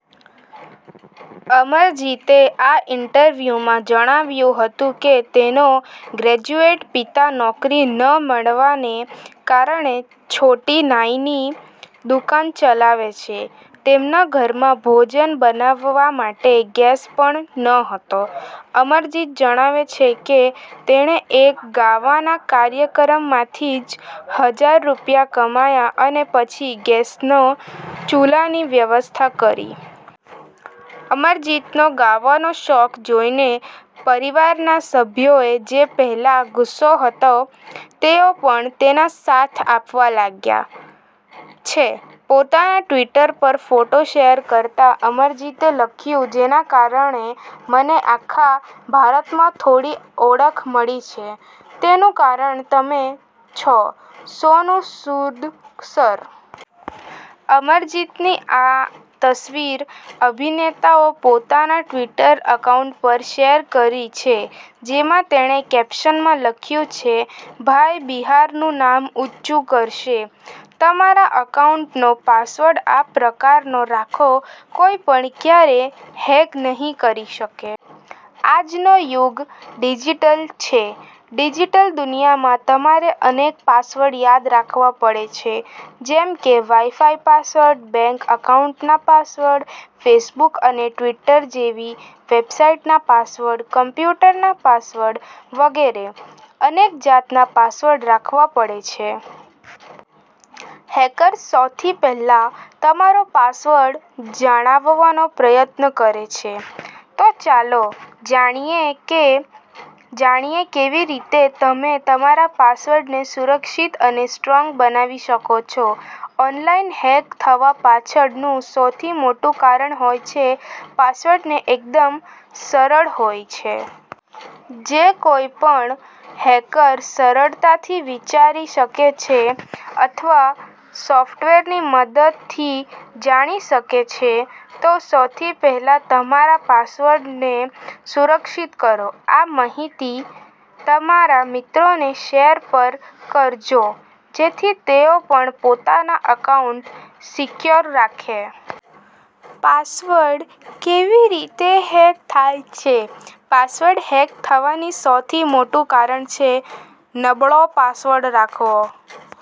અમરજીતે આ ઈન્ટરવ્યુમાં જણાવ્યું હતું કે તેના ગ્રેજ્યુએટ પિતા નોકરી ન મળવાને કારણે છોટી નાઈની દુકાન ચલાવે છે. તેમના ઘરમાં ભોજન બનાવા માટે ગેસ પણ ન હતો. અમરજીત જણાવે છે કે તેણે એક ગાવાના કાર્યક્રમમાંથી છ હજાર રૂપિયા કમાયા અને પછી ગેસના ચૂલાની વ્યવસ્થા કરી. અમરજીતનો ગાવાનો શોખ જોઈને પરિવારના સભ્યો એ જે પહેલા ગુસ્સે હતા તેઓ પણ તેને સાથ આપવા લાગ્યા છે. પોતાના ટ્વિટર પર ફોટો શેર કરતા અમરજીતે લખ્યું જેના કારણે મને આખા ભારતમાં થોડી ઓળખ મળી છે, તેનું કારણ તમે છો સોનુ સૂદ સર. અમરજીતની આ તસવીર અભિનેતા ઓ પોતાના ટ્વિટર એકાઉન્ટ પર શેર કરી છે. જેમાં તેણે કેપ્શનમાં લખ્યું છે- ભાઈ બિહારનું નામ ઉંચું કરશે. તમારા એકાઉન્ટનો પાસવર્ડ આ પ્રકારનો રાખો- કોઇપણ ક્યારેય હેક નહી કરી શકે. આજ નો યુગ ડિજીટલ છે. ડિજીટલ દુનીયા માં તમારે અનેક પાસવર્ડ યાદ રાખવા પડે છે. જેમ કે વાઈ-ફાઈ પાસવર્ડ, બેંક એકાઉન્ટ ના પાસવર્ડ, ફેસબુક અને ટ્વીટર જેવી વેબસાઈટ ના પાસવર્ડ, કોમ્પ્યુટર ના પાસવર્ડ વગેરે અનેક જાત ના પાસવર્ડ રાખવા પડે છે. હેકર સૌથી પહેલા તમારો પાસવર્ડ જાણવાનો પ્રયત્ન કરે છે. તો ચાલો જાણીએ કેવી રીતે તમે તમારા પાસવર્ડ ને સુરક્ષીત અને સ્ટ્રોંગ બનાવી શકો છો. ઓનલાઈન હેક થવા પાછળ નું સૌથી મોટું કારણ હોય છે પાસવર્ડ ને એકદમ સરળ હોય છે. જે કોઈ પણ હેકર સરળતાથી વિચારી શકે છે અથવા સોફ્ટવેર ની મદદ થી જાણી શકે છે. તો સૌથી પેહલા તમારા પાસવર્ડ ને સુરક્ષીત કરો. આ માહિતી તમારા મિત્રોને શેર પણ કરજો જેથી તેઓ પણ પોતાના એકાઉન્ટ સિકયોર રાખે. પાસવર્ડ કેવી રીતે હેક થાય છે? પાસવર્ડ હેક થવાનું સૌથી મોટું કારણ છે નબળો પાસવર્ડ રાખવો.